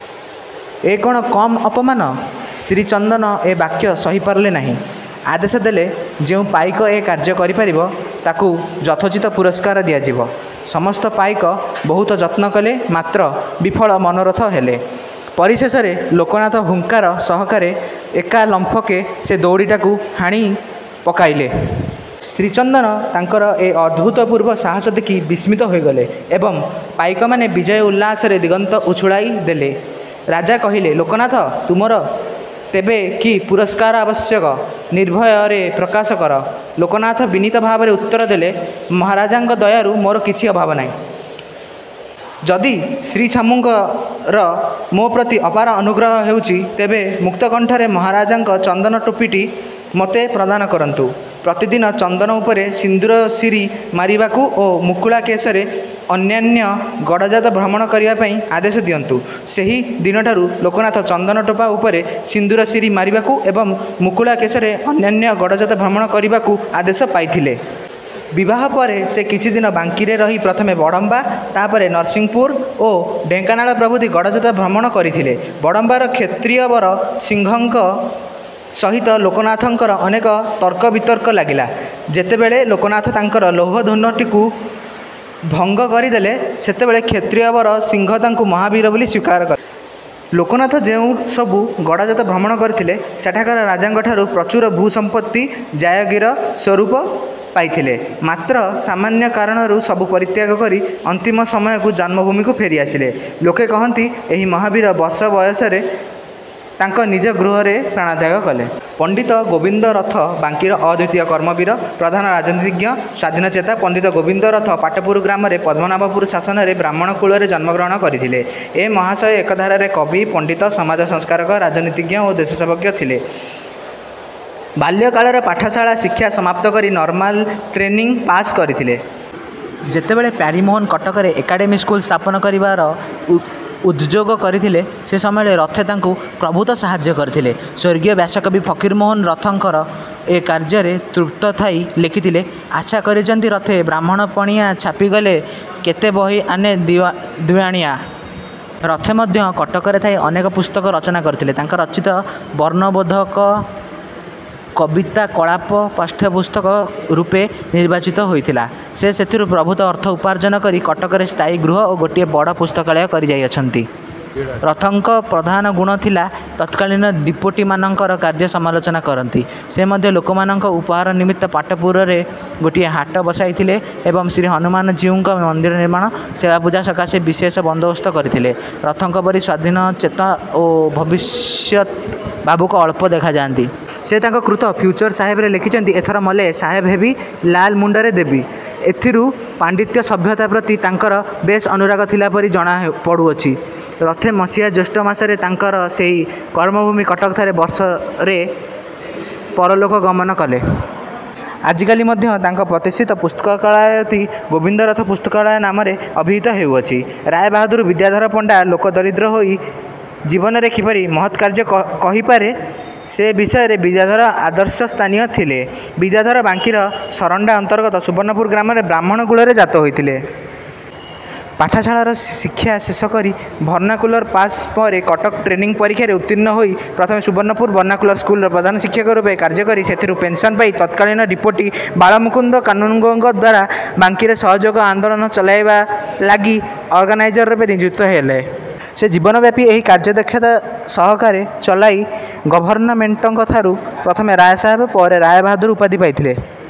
'' ଏ କ'ଣ କମ୍ ଅପମାନ! ଶ୍ରୀଚନ୍ଦନ ଏ ବାକ୍ୟ ସହିପାରିଲେ ନାହିଁ, ଆଦେଶ ଦେଲେ-ଯେଉଁ ପାଇକ ଏ କାର୍ଯ୍ୟ କରିପାରିବ, ତାକୁ ଯଥୋଚିତ ପୁରସ୍କାର ଦିଆଯିବ। ସମସ୍ତ ପାଇକ ବହୁତ ଯତ୍ନ କଲେ; ମାତ୍ର ବିଫଳ ମନୋରଥ ହେଲେ। ପରିଶେଷରେ ଲୋକନାଥ ହୁଙ୍କାର ସହକାରେ ଏକା ଲମ୍ପକେ ସେ ଦଉଡ଼ିଟାକୁ ହାଣି ପକାଇଲେ। ଶ୍ରୀଚନ୍ଦନ ତାଙ୍କର ଏ ଅଭୂତପୂର୍ବ ସାହାସ ଦେଖି ବିସ୍ମିତ ହୋଇଗଲେ ଏବଂ ପାଇକମାନେ ବିଜୟ ଉଲ୍ଲାସରେ ଦିଗନ୍ତ ଉଛୁଳାଇ ଦେଲେ। ରାଜା କହିଲେ, "ଲୋକନାଥ, ତୁମର ତେବେ କି ପୁରସ୍କାର ଆବଶ୍ୟକ, ନିର୍ଭୟରେ ପ୍ରକାଶ କର। '' ଲୋକନାଥ ବିନୀତ ଭାବରେ ଉତ୍ତର କଲେ, "ମହାରାଜାଙ୍କ ଦୟାରୁ ମୋର କିଛି ଅଭାବ ନାହିଁ। ଯଦି ଶ୍ରୀଛାମୁଙ୍କର ମୋପ୍ରତି ଅପାର ଅନୁଗ୍ରହ ହେଉଛି, ତେବେ ମୁକ୍ତକଣ୍ଠରେ ମହାରାଜାଙ୍କ ଚନ୍ଦନ ଟୋପିଟି ମୋତେ। ପ୍ରଦାନ କରନ୍ତୁ। ପ୍ରତିଦିନ ଚନ୍ଦନ ଉପରେ ସିନ୍ଦୂରଶିରି ମାରିବାକୁ ଓ ମୁକୁଳା କେଶରେ ଅନ୍ୟାନ୍ୟ ଗଡ଼ଜାତ ଭ୍ରମଣ କରିବାପାଇଁ ଆଦେଶ ଦିଅନ୍ତୁ। '' ସେହି ଦିନଠାରୁ ଲୋକନାଥ ଚନ୍ଦନ ଟୋପା ଉପରେ ସିନ୍ଦୂରଶିରି ମାରିବାକୁ ଏବଂ ମୁକୁଳା କେଶରେ ଅନ୍ୟାନ୍ୟ ଗଡ଼ଜାତ ଭ୍ରମଣ କରିବାକୁ ଆଦେଶ ପାଇଥିଲେ। ବିବାହ ପରେ ସେ କିଛି ଦିନ ବାଙ୍କୀରେ ରହି ପ୍ରଥମେ ବଡ଼ମ୍ବା, ତାପରେ ନରସିଂହପୁର ଓ ଢେଙ୍କାନାଳ ପ୍ରଭୃତି ଗଡ଼ଜାତ ଭ୍ରମଣ କରିଥିଲେ। ବଡ଼ମ୍ବାର କ୍ଷତ୍ରିୟବର ସିଂହଙ୍କ ସହିତ ଲୋକନାଥଙ୍କର ଅନେକ ତର୍କ ବିତର୍କ ଲାଗିଲା। ଯେତେବେଳେ ଲୋକନାଥ ତାଙ୍କର ଲୌହ ଧନୁଟିକୁ ଭଗ୍ନ କରିଦେଲେ, ସେତେବେଳେ କ୍ଷତ୍ରିୟବର ସିଂହ ତାଙ୍କୁ ମହାବୀର ବୋଲି ସ୍ଵୀକାର କଲେ। ଲୋକନାଥ ଯେଉଁସବୁ ଗଡ଼ଜାତ ଭ୍ରମଣ କରିଥିଲେ, ସେଠାକାର ରାଜାଙ୍କଠାରୁ ପ୍ରଚୁର ଭୂସମ୍ପତି ଜାୟଗିର ସ୍ୱରୂପ ପାଇଥିଲେ। ମାତ୍ର ସାମାନ୍ୟ କାରଣରୁ ସବୁ ପରିତ୍ୟାଗ କରି ଅନ୍ତିମ ସମୟକୁ ଜନ୍ମଭୂମିକୁ ଫେରି ଆସିଲେ। ଲୋକେ କହନ୍ତି, ଏହି ମହାବୀର ବର୍ଷ ବୟସରେ ତାଙ୍କ ନିଜ ଗୃହରେ ପ୍ରାଣତ୍ୟାଗ କଲେ। ପଣ୍ଡିତ ଗୋବିନ୍ଦ ରଥ ବାଙ୍କୀର ଅଦ୍ଵିତୀୟ କର୍ମବୀର, ପ୍ରଧାନ ରାଜନୀତିଜ୍ଞ, ସ୍ଵାଧୀନଚେତା, ପଣ୍ଡିତ ଗୋବିନ୍ଦ ରଥ ପାଟପୁର ଗ୍ରାମରେ ପଦ୍ମନାଭପୁର ଶାସନରେ ବ୍ରାହ୍ମଣ କୂଳରେ ଜନ୍ମଗ୍ରହଣ କରିଥିଲେ। ଏ ମହାଶୟ ଏକଧାରାରେ କବି, ପଣ୍ଡିତ, ସମାଜ−ସଂସ୍କାରକ, ରାଜନୀତିଜ୍ଞ ଓ ଦେଶସେବକ ଥିଲେ। ବାଲ୍ୟକାଳର ପାଠଶାଳା ଶିକ୍ଷା ସମାପ୍ତ କରି ନର୍ମାଲ ଟେନିଂ ପାଶ୍ କରିଥିଲେ। ଯେତେବେଳେ ପ୍ୟାରୀମୋହନ କଟକରେ ଏକାଡେମୀ ସ୍କୁଲ ସ୍ଥାପନ କରିବାର ଉଦଯୋଗ କରିଥିଲେ, ସେ ସମୟରେ ରଥେ ତାଙ୍କୁ ପ୍ରଭୂତ ସାହାଯ୍ୟ କରିଥିଲେ। ସ୍ଵର୍ଗୀୟ ବ୍ୟାସକବି ଫକୀରମୋହନ ରଥଙ୍କର ଏ କାର୍ଯ୍ୟରେ ତୃପ୍ତ ଥାଇ ଲେଖିଥିଲେ- "ଆଛା କରିଛନ୍ତି ରଥେ ବ୍ରାହ୍ମଣପଣିଆ ଛାପିଗଲେ କେତେ ବହି ଆନେ ଦ୍ଵିଅଣିଆ। '' ରଥେ ମଧ୍ୟ କଟକରେ ଥାଇ ଅନେକ ପୁସ୍ତକ ରଚନା କରିଥିଲେ। ତାଙ୍କ ରଚିତ "ବର୍ଣ୍ଣବୋଧକ" ଓ "କବିତାକଳାପ" ପାଠ୍ୟପୁସ୍ତକ ରୂପେ ନିର୍ବାଚିତ ହୋଇଥିଲା। ସେ ସେଥିରୁ ପ୍ରଭୂତ ଅର୍ଥ ଉପାର୍ଜନ କରି କଟକରେ ସ୍ଥାୟୀ ଗୃହ ଓ ଗୋଟିଏ ବଡ଼ ପୁସ୍ତକାଳୟ କରି ଯାଇଅଛନ୍ତି-। ରଥଙ୍କର ପ୍ରଧାନ ଗୁଣଥିଲା ତତ୍କାଳୀନ ଡିପୋଟିମାନଙ୍କର କାର୍ଯ୍ୟ ସମାଲୋଚନା କରନ୍ତି। ସେ ମଧ୍ୟ ଲୋକମାନଙ୍କ ଉପହାର ନିମିତ୍ତ ପାଟପୁରରେ ଗୋଟିଏ ହାଟ ବସାଇଥିଲେ ଏବଂ ଶ୍ରୀହନୁମାନ ଜୀଉଙ୍କ ମନ୍ଦିର ନିର୍ମାଣ ଓ ସେବାପୂଜା ସକାଶେ ବିଶେଷ ବନ୍ଦୋବସ୍ତ କରିଥିଲେ-। ରଥଙ୍କ ପରି ସ୍ଵାଧୀନଚେତା ଓ ଭବିଷ୍ୟତ୍ ଭାବୁକ ଅଳ୍ପ ଦେଖାଯାନ୍ତି। ସେ ତାଙ୍କ କୃତ "ଫିଉଚର୍ ସାହେବ"ରେ ଲେଖିଛନ୍ତି- "ଏଥର ମଲେ ସାହେବ ହେବି ଲାଲ ମୁଣ୍ଡରେ ଦେବି। '' ଏଥିରୁ ପାଣ୍ଡିତ୍ୟ ସଭ୍ୟତା ପ୍ରତି ତାଙ୍କର ବେଶ୍ ଅନୁରାଗ ଥିଲା ପରି ଜଣା ପଡ଼ୁଅଛି। ରଥେ ମସିହା ଜ୍ୟେଷ୍ଠମାସରେ ତାଙ୍କର ସେହି କର୍ମଭୂମି କଟକଠାରେ ବର୍ଷରେ ପରଲୋକ ଗମନ କଲେ। ଆଜିକାଲି ମଧ୍ୟ ତାଙ୍କ ପ୍ରତିଷ୍ଠିତ ପୁସ୍ତକାଳୟଟି "ଗୋବିନ୍ଦରଥ ପୁସ୍ତକାଳୟ'' ନାମରେ ଅଭିହିତ ହେଉଅଛି। ରାୟବାହାଦୂର ବିଦ୍ୟାଧର ପଣ୍ଡା ଲୋକ ଦରିଦ୍ର ହୋଇ ଜୀବନରେ କିପରି ମହତ୍କାର୍ଯ୍ୟ କହିପାରେ, ସେ ବିଷୟରେ ବିଦ୍ୟାଧର ଆଦର୍ଶସ୍ଥାନୀୟ ଥିଲେ। ବିଦ୍ୟାଧର ବାଙ୍କୀର ସରଣ୍ଡା ଅନ୍ତର୍ଗତ ସୁବର୍ଣ୍ଣପୁର ଗ୍ରାମରେ ବ୍ରାହ୍ମଣ କୁଳରେ ଜାତ ହୋଇଥିଲେ। ପାଠଶାଳାର ଶିକ୍ଷା ଶେଷ କରି ଭର୍ଣ୍ଣାକ୍ୟୁଲର ପାଶ୍ ପରେ କଟକ ଟ୍ରେନିଂ ପରୀକ୍ଷାରେ ଉତ୍ତୀର୍ଣ୍ଣ ହୋଇ ପ୍ରଥମେ ସୁବର୍ଣ୍ଣପୁର ଭର୍ଣ୍ଣାକ୍ୟୁଲର ସ୍କୁଲର ପ୍ରଧାନ ଶିକ୍ଷକ ରୂପେ କାର୍ଯ୍ୟ କରି ସେଥିରୁ ପେନସନ୍ ପାଇ ତତ୍କାଳୀନ ଡିପୋଟି ବାଳମୁକୁନ୍ଦ କାନୁନ୍ଗୋଙ୍କ ଦ୍ଵାରା ବାଙ୍କୀରେ ସହଯୋଗ ଆନ୍ଦୋଳନ ଚଳାଇବା ଲାଗି ଅର୍ଗାନାଇଜର ରୂପେ ନିଯୁକ୍ତ ହେଲେ। ସେ ଜୀବନ ବ୍ୟାପି ଏହି କାର୍ଯ୍ୟ ଦକ୍ଷତା ସହକାରେ ଚଳାଇ ଗଭର୍ଣ୍ଣମେଣ୍ଟଙ୍କଠାରୁ ପ୍ରଥମେ ରାୟସାହେବ ଓ ପରେ ରାୟବାହାଦୂର ଉପାଧି ପାଇଥିଲେ।